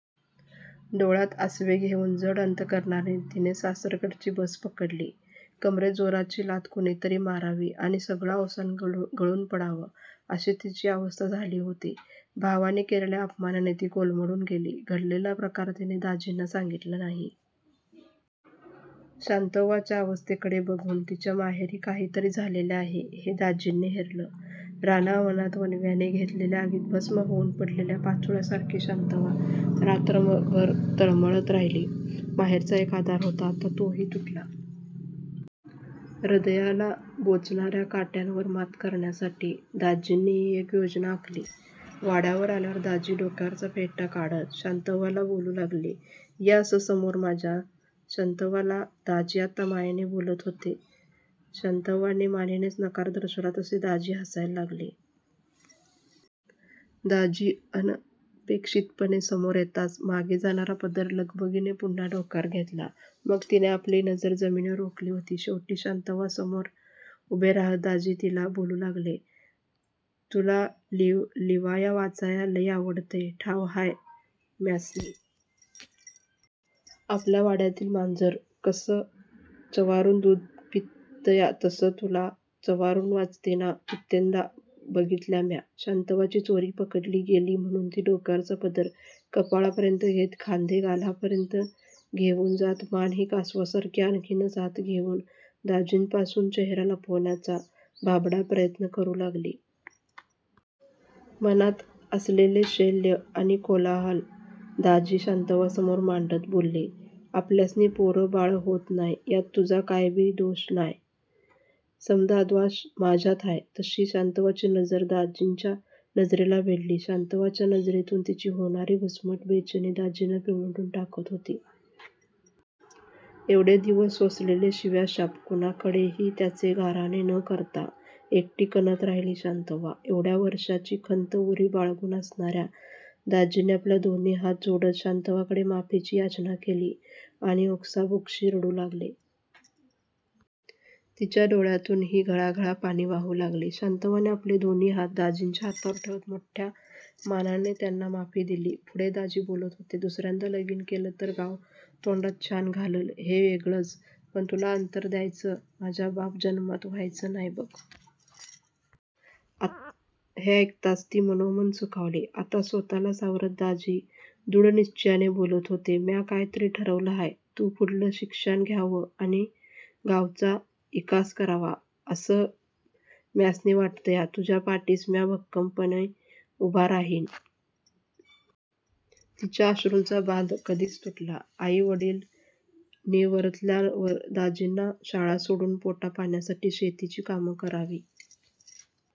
डोळ्यांत आसवे घेऊन जड अंतकरणाने तिने सासरकडची बस पकडली. कंबरेत जोराची लाथ कुणी तरी मारावी आणि सगळं अवसान गळून पडावं अशी तिची अवस्था झाली होती. भावाने केलेल्या अपमानाने ती कोलमडून गेली. घडलेला प्रकार तिने दाजींना सांगितला नाही. शांतव्वाच्या अवस्थेकडे बघून तिच्या माहेरी काही तरी झालेलं आहे हे दाजींनी हेरलं. राना वनात वणव्याने घेतलेल्या आगीत भस्म होऊन पडलेल्या पाचोळ्यासारखी शांतव्वा रात्रभर तळमळत राहिली. माहेरचा एक आधार होता आता तो हि तुटला. हृदयाला बोचणाऱ्या काट्यांवर मात करण्यासाठी दाजींनी एक योजना आखली. वाड्यावर आल्यावर दाजी डोक्यावरचा फेटा काढत शांतव्वाला बोलू लागले, "ये अस्सं समोर माझ्या". शांतव्वाला दाजी आता मायेने बोलत होते. शांतव्वाने मानेनेच नकार दर्शवला. तसे दाजी हसायला लागले. दाजी अनपेक्षितपणे समोर येताच मागे जाणारा पदर लगबगीने पुन्हा डोक्यावर घेतला. पण तिने आपली नजर जमिनीवर रोखली होती. शेवटी शांतव्वाच्यासमोर उभे राहत दाजी तिला बोलू लागले, "तुला लिवया वाचया लयं आवडतंय ठावं हाय म्यास्नी. आपल्या वाड्यातील मांजर कसं च्वारुन दूध पितया तसं तुला च्वारुन वाचितांना कीत्यानंदा बघितल्या म्या". शांतव्वाची चोरी पकडली गेली म्हणून ती डोक्यावरचा पदर कपाळापर्यंत घेत खांदे गालापर्यंत घेऊन जात मान हि कासवासारखी आणखीनच आत घेऊन दाजींपासून चेहरा लपवण्याचा भाबडा प्रयत्न करू लागली. मनांत असलेले शल्य आणि कोलाहल दाजी शांतव्वासमोर मांडत बोले, "आपल्यास्नी पोर बाळ होत नाय यात तुझा काय बी द्वाश नाय. समदा द्वाश माझ्यात हाय. " तशी शांतव्वाची नजर दाजीच्या नजरेला भिडली. शांतव्वाच्या नजरेतून तिची होणारी घुसमट, बैचेनी दाजींना पिळवटून टाकत होती. एवढे दिवस सोसलेले शिव्या शाप कुणाकडे हि त्याचे गराहने न करता एकटी कण्हत राहिली शांतव्वा. एवढ्या वर्षांची खंत उरी बाळगून असणाऱ्या दाजींनी आपले दोन्ही हात जोडत शांतव्वाकडे माफीची याचना केली आणि ओक्सबोक्शी रडू लागले. तिच्या डोळ्यांतून हि घळा घळा पाणी वाहू लागले. शांतव्वाने आपले दोन्ही हात दाजींच्या हातावर ठेवत मोठया मानाने त्यांना माफी दिली. पुढे दाजी बोलत होते, "दुसऱ्यांदा लगीन केलं तर गाव तोंडात शानं घाललं ते येगळंच पण तुला अंतर द्यायचं माझ्या बाप जन्मात व्हायाचं नाय बघ. हे ऐकताच ती मनोमन सुखावली. आता स्वतःला सावरत दाजी दृढ निश्च्याने बोलत होते, "म्या काय तरी ठरवलं हाय. तु पुढलं शिकशान घ्यावं आणि गावचा इकास करावा असं म्यास्नी वाटतया. तुझ्या पाठीस म्या भक्कमपण उभा राहीन". तिच्या अश्रूंचा बांध कधीच तुटला. आई वडील निवर्तल्यावर दाजींना शाळा सोडून पोटा पाण्यासाठी शेतीची कामं करावी